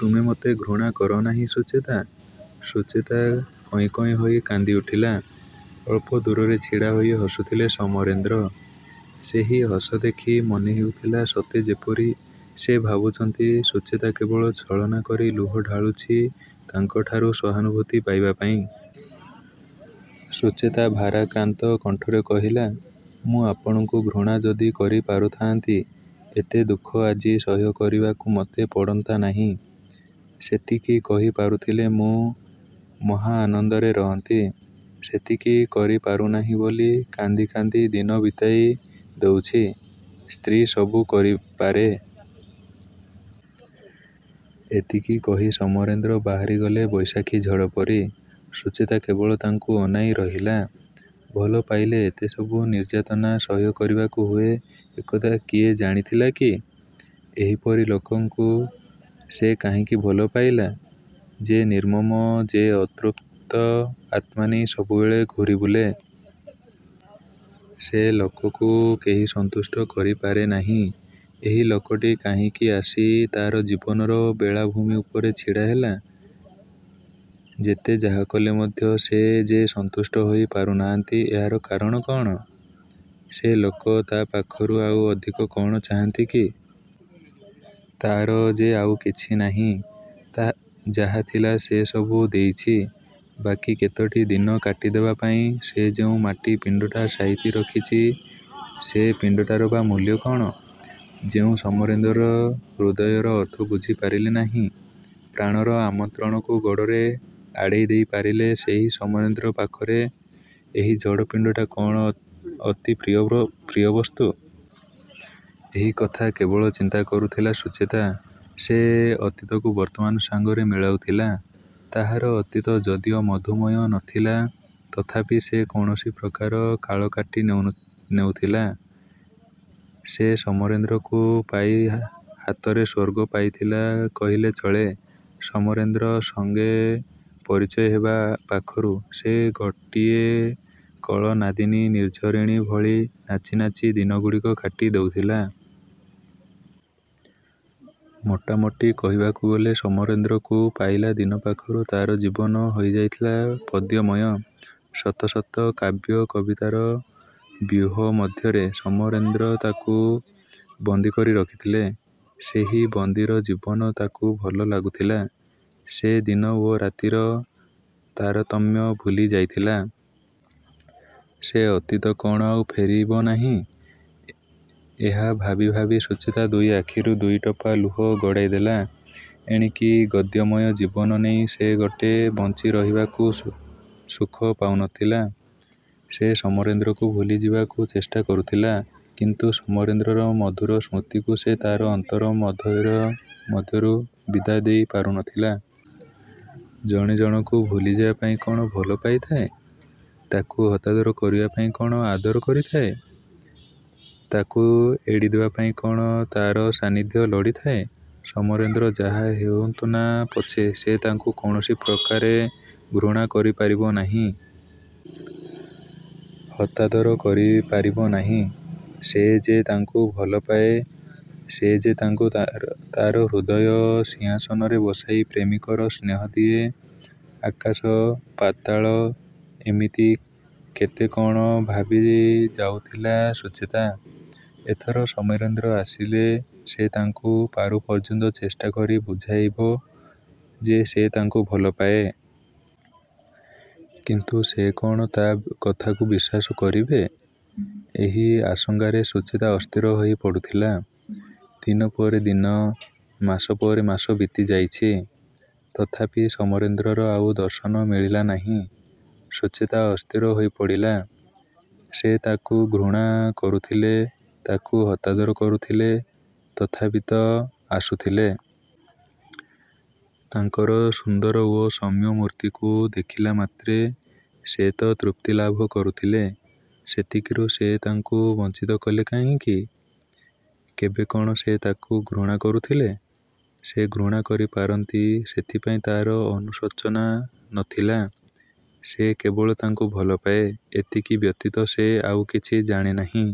ତୁମେ ମୋତେ ଘୃଣା କରନାହିଁ ସୁଚେତା? '' ସୁଚେତା କଇଁ କଇଁ ହୋଇ କାନ୍ଦିଉଠିଲା। ଅଳ୍ପ ଦୂରରେ ଛିଡ଼ାହୋଇ ହସୁଥିଲେ ସମରେନ୍ଦ୍ର। ସେହି ହସ ଦେଖି ମନେହେଉଥିଲା ସତେ ଯେପରି ସେ ଭାବୁଛନ୍ତି ସୁଚେତା କେବଳ ଛଳନା କରି ଲୁହ ଢାଳୁଛି ତାଙ୍କଠାରୁ ସହାନୁଭୂତି ପାଇବା ପାଇଁ। ସୁଚେତା ଭାରାକ୍ରାନ୍ତ କଣ୍ଠରେ କହିଲା ''ମୁଁ ଆପଣଙ୍କୁ ଘୃଣା ଯଦି କରିପାରୁଥାନ୍ତି ଏତେ ଦୁଃଖ ଆଜି ସହ୍ୟ କରିବାକୁ ମୋତେ ପଡ଼ନ୍ତା ନାହିଁ। ସେତିକି କରିପାରୁଥିଲେ ମୁଁ ମହାଆନନ୍ଦରେ ରହନ୍ତି। ସେତିକି କରିପାରୁନାହିଁ ବୋଲି କାନ୍ଦି କାନ୍ଦି ଦିନ ବିତାଇ ଦେଉଛି। ''ସ୍ତ୍ରୀ ସବୁ କରିପାରେ। '' ଏତିକି କହି ସମରେନ୍ଦ୍ର ବାହାରିଗଲେ ବୈଶାଖୀ ଝଡ଼ ପରି। ସୁଚେତା କେବଳ ତାଙ୍କୁ ଅନାଇ ରହିଲା। ଭଲ ପାଇଲେ ଏତେ ସବୁ ନିର୍ଯ୍ୟାତନା ସହ୍ୟ କରିବାକୁ ହୁଏ ଏକଥା କିଏ ଜାଣିଥିଲା କି-? ଏହିପରି ଲୋକକୁ ସେ କାହିଁକି ଭଲପାଇଲା? ଯେ ନିର୍ମମ ଯେ ଅତୃପ୍ତ ଆତ୍ମା ନେଇ ସବୁବେଳେ ଘୂରିବୁଲେ। ସେ ଲୋକକୁ କେହି ସନ୍ତୁଷ୍ଟ କରିପାରେ ନାହିଁ। ଏହି ଲୋକଟି କାହିଁକି ଆସି ତା'ର ଜୀବନର ବେଳାଭୂମି ଉପରେ ଛିଡ଼ାହେଲା? ଯେତେ ଯାହାକଲେ ମଧ୍ୟ ସେ ଯେ ସନ୍ତୁଷ୍ଟ ହୋଇ ପାରୁନାହାନ୍ତି ଏହାର କାରଣ କ'ଣ? ସେ ଲୋକ ତା' ପାଖରୁ ଆଉ ଅଧିକ କ'ଣ ଚାହାଁନ୍ତି କି? ତା'ର ଯେ ଆଉ କିଛିନାହିଁ। ଯାହାଥିଲା ସେ ସବୁ ଦେଇଛି। ବାକି କେତୋଟି ଦିନ କାଟିଦେବା ପାଇଁ ସେ ଯେଉଁ ମାଟି ପିଣ୍ଡଟା ସାଇତି ରଖିଛି ସେ ପିଣ୍ଡଟାର ବା ମୂଲ୍ୟ କ'ଣ? ଯେଉଁ ସମରେନ୍ଦ୍ର ହୃଦୟର ଅର୍ଥ ବୁଝି ପାରିଲେ ନାହିଁ, ପ୍ରାଣର ଆମନ୍ତ୍ରଣକୁ ଗୋଡ଼ରେ ଆଡ଼େଇ ଦେଇ ପାରିଲେ ସେହି ସମରେନ୍ଦ୍ର ପାଖରେ ଏହି ଜଡ଼ ପିଣ୍ଡଟା କ'ଣ ଅତି ପ୍ରିୟବସ୍ତୁ? ଏହି କଥା କେବଳ ଚିନ୍ତା କରୁଥିଲା ସୁଚେତା। ସେ ଅତୀତକୁ ବର୍ତ୍ତମାନ ସାଙ୍ଗରେ ମିଳାଉଥିଲା। ତାହାର ଅତୀତ ଯଦିଓ ମଧୁମୟ ନ ଥିଲା ତଥାପି ସେ କୌଣସି ପ୍ରକାରେ କାଳକାଟି ନେଉଥିଲା। ସେ ସମରେନ୍ଦ୍ରକୁ ପାଇ ହାତରେ ସ୍ୱର୍ଗ ପାଇଥିଲା କହିଲେ ଚଳେ। ସମରେନ୍ଦ୍ର ସଙ୍ଗେ ପରିଚୟ ହେବା ପାଖରୁ ସେ ଗୋଟିଏ କଳନାଦିନୀ ନିର୍ଝରିଣୀ ଭଳି ନାଚି ନାଚି ଦିନଗୁଡ଼ିକ କାଟି ଦେଉଥିଲା। ମୋଟାମୋଟି କହିବାକୁ ଗଲେ ସମରେନ୍ଦ୍ରକୁ ପାଇଲା ଦିନ ପାଖରୁ ତା'ର ଜୀବନ ହୋଇଯାଇଥିଲା ପଦ୍ୟମୟ। ଶତ ଶତ କାବ୍ୟ କବିତାର ବ୍ୟୁହ ମଧ୍ୟରେ ସମରେନ୍ଦ୍ର ତାକୁ ବନ୍ଦୀକରି ରଖିଥିଲେ। ସେହି ବନ୍ଦୀର ଜୀବନ ତାକୁ ଭଲ ଲାଗୁଥିଲା। ସେ ଦିନ ଓ ରାତିର ତାରତମ୍ୟ ଭୁଲି ଯାଇଥିଲା। ସେ ଅତୀତ କ'ଣ ଆଉ ଫେରିବ ନାହିଁ? ଏହା ଭାବି ଭାବି ସୁଚେତା ଦୁଇ ଆଖିରୁ ଦୁଇ ଟୋପା ଲୁହ ଗଡ଼ାଇ ଦେଲା। ଏଣିକି ଗଦ୍ୟମୟ ଜୀବନ ନେଇ ସେ ମୋଟେ ବଞ୍ଚିରହିବାକୁ ସୁଖ ପାଉନଥିଲା। ସେ ସମରେନ୍ଦ୍ରକୁ ଭୁଲି ଯିବାକୁ ଚେଷ୍ଟା କରୁଥିଲା; କିନ୍ତୁ ସମରେନ୍ଦ୍ରର ମଧୁର ସ୍ମୃତିକୁ ସେ ତା'ର ଅନ୍ତର ମଧ୍ୟରୁ ବିଦାୟ ଦେଇ ପାରୁନଥିଲା। ଜଣେ ଜଣକୁ ଭୁଲି ଯିବା ପାଇଁ କ'ଣ ଭଲ ପାଇଥାଏ? ତାକୁ ହତାଦର କରିବା ପାଇଁ କ'ଣ ଆଦର କରିଥାଏ? ତାକୁ ଏଡ଼ିଦେବା ପାଇଁ କ'ଣ ତା'ର ସାନିଧ୍ୟ ଲୋଡ଼ିଥାଏ? ସମରେନ୍ଦ୍ର ଯାହା ହେଉନ୍ତୁନା ପଛେ ସେ ତାଙ୍କୁ କୌଣସି ପ୍ରକାରେ ଘୃଣା କରିପାରିବ ନାହିଁ। ହତାଦର କରିପାରିବ ନାହିଁ। ସେ ଯେ ତାଙ୍କୁ ଭଲପାଏ। ସେ ଯେ ତାଙ୍କୁ ତା'ର ହୃଦୟ ସିଂହାସନରେ ବସାଇ ପ୍ରେମିକର ସ୍ନେହ ଦିଏ। ଆକାଶ, ପାତାଳ ଏମିତି କେତେ କ'ଣ ଭାବିଯାଉଥିଲା ସୁଚେତା। ଏଥର ସମରେନ୍ଦ୍ର ଆସିଲେ ସେ ତାଙ୍କୁ ପାରୁପର୍ଯ୍ୟନ୍ତ ଚେଷ୍ଟାକରି ବୁଝାଇବ ଯେ ସେ ତାଙ୍କୁ ଭଲପାଏ। କିନ୍ତୁ ସେ କ'ଣ ତା' କଥାକୁ ବିଶ୍ୱାସ କରିବେ? ଏହି ଆଶଙ୍କାରେ ସୁଚେତା ଅସ୍ଥିର ହୋଇପଡ଼ୁଥିଲା। ଦିନ ପରେ ଦିନ, ମାସ ପରେ ମାସ ବିତିଯାଇଛି। ତଥାପି ସମରେନ୍ଦ୍ରର ଆଉ ଦର୍ଶନ ମିଳିଲା ନାହିଁ। ସୁଚେତା ଅସ୍ଥିର ହୋଇପଡ଼ିଲା। ସେ ତାକୁ ଘୃଣା କରୁଥିଲେ, ତାକୁ ହତାଦର କରୁଥିଲେ, ତଥାପି ତ ଆସୁଥିଲେ। ତାଙ୍କର ସୁନ୍ଦର ଓ ସୌମ୍ୟ ମୂର୍ତ୍ତିକୁ ଦେଖିଲାମାତ୍ରେ ସେ ତ ତୃପ୍ତିଲାଭ କରୁଥିଲା। ସେତିକିରୁ ସେ ତାକୁ ବଞ୍ଚିତ କଲେ କାହିଁକି? କେବେ କ'ଣ ସେ ତାକୁ ଘୃଣା କରୁଥିଲେ? ସେ ଘୃଣା କରିପାରନ୍ତି, ସେଥିପାଇଁ ତା'ର ଅନୁଶୋଚନା ନ ଥିଲା। ସେ କେବଳ ତାଙ୍କୁ ଭଲପାଏ, ଏତିକି ବ୍ୟତୀତ ସେ ଆଉ କିଛି ଜାଣେ ନାହିଁ।